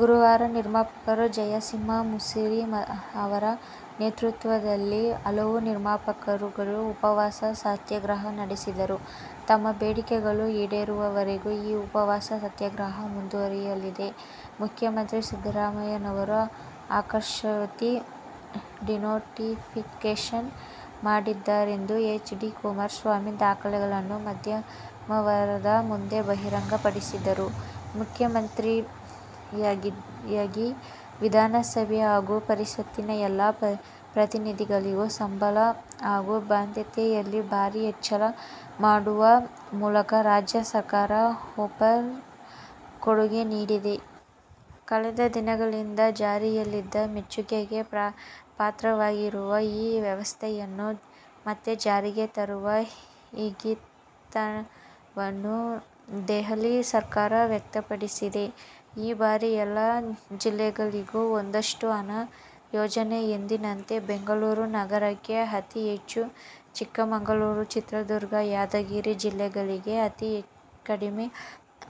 ಗುರುವಾರ ನಿರ್ಮಾಪಕ ಜಯಸಿಂಹ ಮುಸುರಿ ಅವರ ನೇತೃತ್ವದಲ್ಲಿ ಹಲವು ನಿರ್ಮಾಪಕರುಗಳು ಉಪವಾಸ ಸತ್ಯಾಗ್ರಹ ನಡೆಸಿದ್ದು, ತಮ್ಮ ಬೇಡಿಕೆಗಳು ಈಡೇರುವವರೆಗೂ ಈ ಉಪವಾಸ ಸತ್ಯಾಗ್ರಹ ಮುಂದುವರೆಯಲಿದೆ. ಮುಖ್ಯಮಂತ್ರಿ ಸಿದ್ದರಾಮಯ್ಯನವರು ಅರ್ಕಾವತಿ ಡಿನೋಟಿಫಿಕೇಷನ್ ಮಾಡಿದ್ದಾರೆಂದು ಹೆಚ್. ಡಿ ಕುಮಾರಸ್ವಾಮಿ ದಾಖಲೆಗಳನ್ನು ಮಾಧ್ಯಮದವರ ಮುಂದೆ ಬಹಿರಂಗ ಪಡಿಸಿದರು. ಮುಖ್ಯಮಂತ್ರಿಯಾದಿಯಾಗಿ ವಿಧಾನಸಭೆ ಹಾಗೂ ಪರಿಷತ್ತಿನ ಎಲ್ಲಾ ಪ್ರತಿನಿಧಿಗಳಿಗೆ ಸಂಬಳ ಹಾಗೂ ಭತ್ಯೆಯಲ್ಲಿ ಭಾರಿ ಹೆಚ್ಚಳ ಮಾಡುವ ಮೂಲಕ ರಾಜ್ಯ ಸರ್ಕಾರ ಬಂಪರ್ ಕೊಡುಗೆ ನೀಡಿದೆ. ಕಳೆದ ದಿನಗಳಿಂದ ಜಾರಿಯಲ್ಲಿದ್ದ, ಮೆಚ್ಚುಗೆಗೆ ಪಾತ್ರವಾಗಿರುವ ಈ ವ್ಯವಸ್ಥೆಯನ್ನು ಮತ್ತೆ ಜಾರಿಗೆ ತರುವ ಇಂಗಿತವನ್ನು ದೆಹಲಿ ಸರ್ಕಾರ ವ್ಯಕ್ತಪಡಿಸಿದೆ. ಈ ಬಾರಿ ಎಲ್ಲ ಜಿಲ್ಲೆಗಳಿಗೂ ಒಂದಷ್ಟು ಹಣ, ಯೋಜನೆ, ಎಂದಿನಂತೆ ಬೆಂಗಳೂರು ನಗರಕ್ಕೆ ಅತಿಹೆಚ್ಚು, ಚಿಕ್ಕಮಗಳೂರು, ಚಿತ್ರದುರ್ಗ, ಯಾದಗಿರಿ ಜಿಲ್ಲೆಗಳಿಗೆ ಅತಿ ಕಡಿಮೆ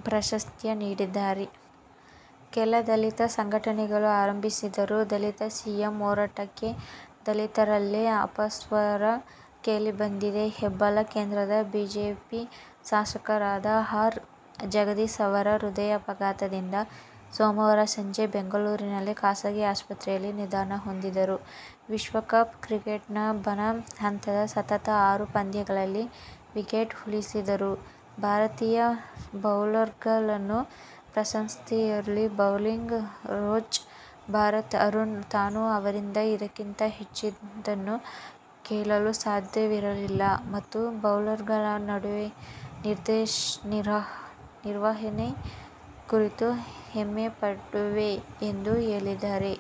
ಪ್ರಾಶಸ್ತ್ಯ ನೀಡಿದ್ದಾರೆ. ಕೆಲ ದಲಿತ ಸಂಘಟನೆಗಳು ಆರಂಭಿಸಿರುವ "ದಲಿತ ಸಿಎಂ ಹೋರಾಟ'ಕ್ಕೆ ದಲಿತರಲ್ಲೇ ಅಪಸ್ವರ ಕೇಳಿಬಂದಿದೆ. ಹೆಬ್ಬಾಳ ಕ್ಷೇತ್ರದ ಬಿಜೆಪಿ ಶಾಸಕರಾದ ಆರ್. ಜಗದೀಶ್ ಆವರು ಹೃದಯಾಘಾತದಿಂದ ಸೋಮವಾರ ಸಂಜೆ ಬೆಂಗಳೂರಿನ ಖಾಸಗಿ ಆಸ್ಪತ್ರೆಯಲ್ಲಿ ನಿಧನಹೊಂದಿದರು. ವಿಶ್ವಕಪ್ ಕ್ರಿಕೆಟ್ನ ಬಣ ಹಂತದ ಸತತ ಆರು ಪಂದ್ಯಗಳಲ್ಲಿ ವಿಕೆಟ್ ಉರುಳಿಸಿದ ಭಾರತೀಯ ಬೌಲರ್ಗಳನ್ನು ಪ್ರಶಂಸಿಸಿರುವ ಬೌಲಿಂಗ್ ಕೋಚ್ ಭರತ್ ಅರುಣ್, ತಾನು ಅವರಿಂದ ಇದಕ್ಕಿಂತ ಹೆಚ್ಚಿನದನ್ನು ಕೇಳಲು ಸಾಧ್ಯವಿರಲಿಲ್ಲ ಮತ್ತು ಬೌಲರ್ಗಳ ನಿರ್ವಹಣೆ ಕುರಿತು ಹೆಮ್ಮೆಪಡುವೆ ಎಂದು ಹೇಳಿದ್ದಾರೆ.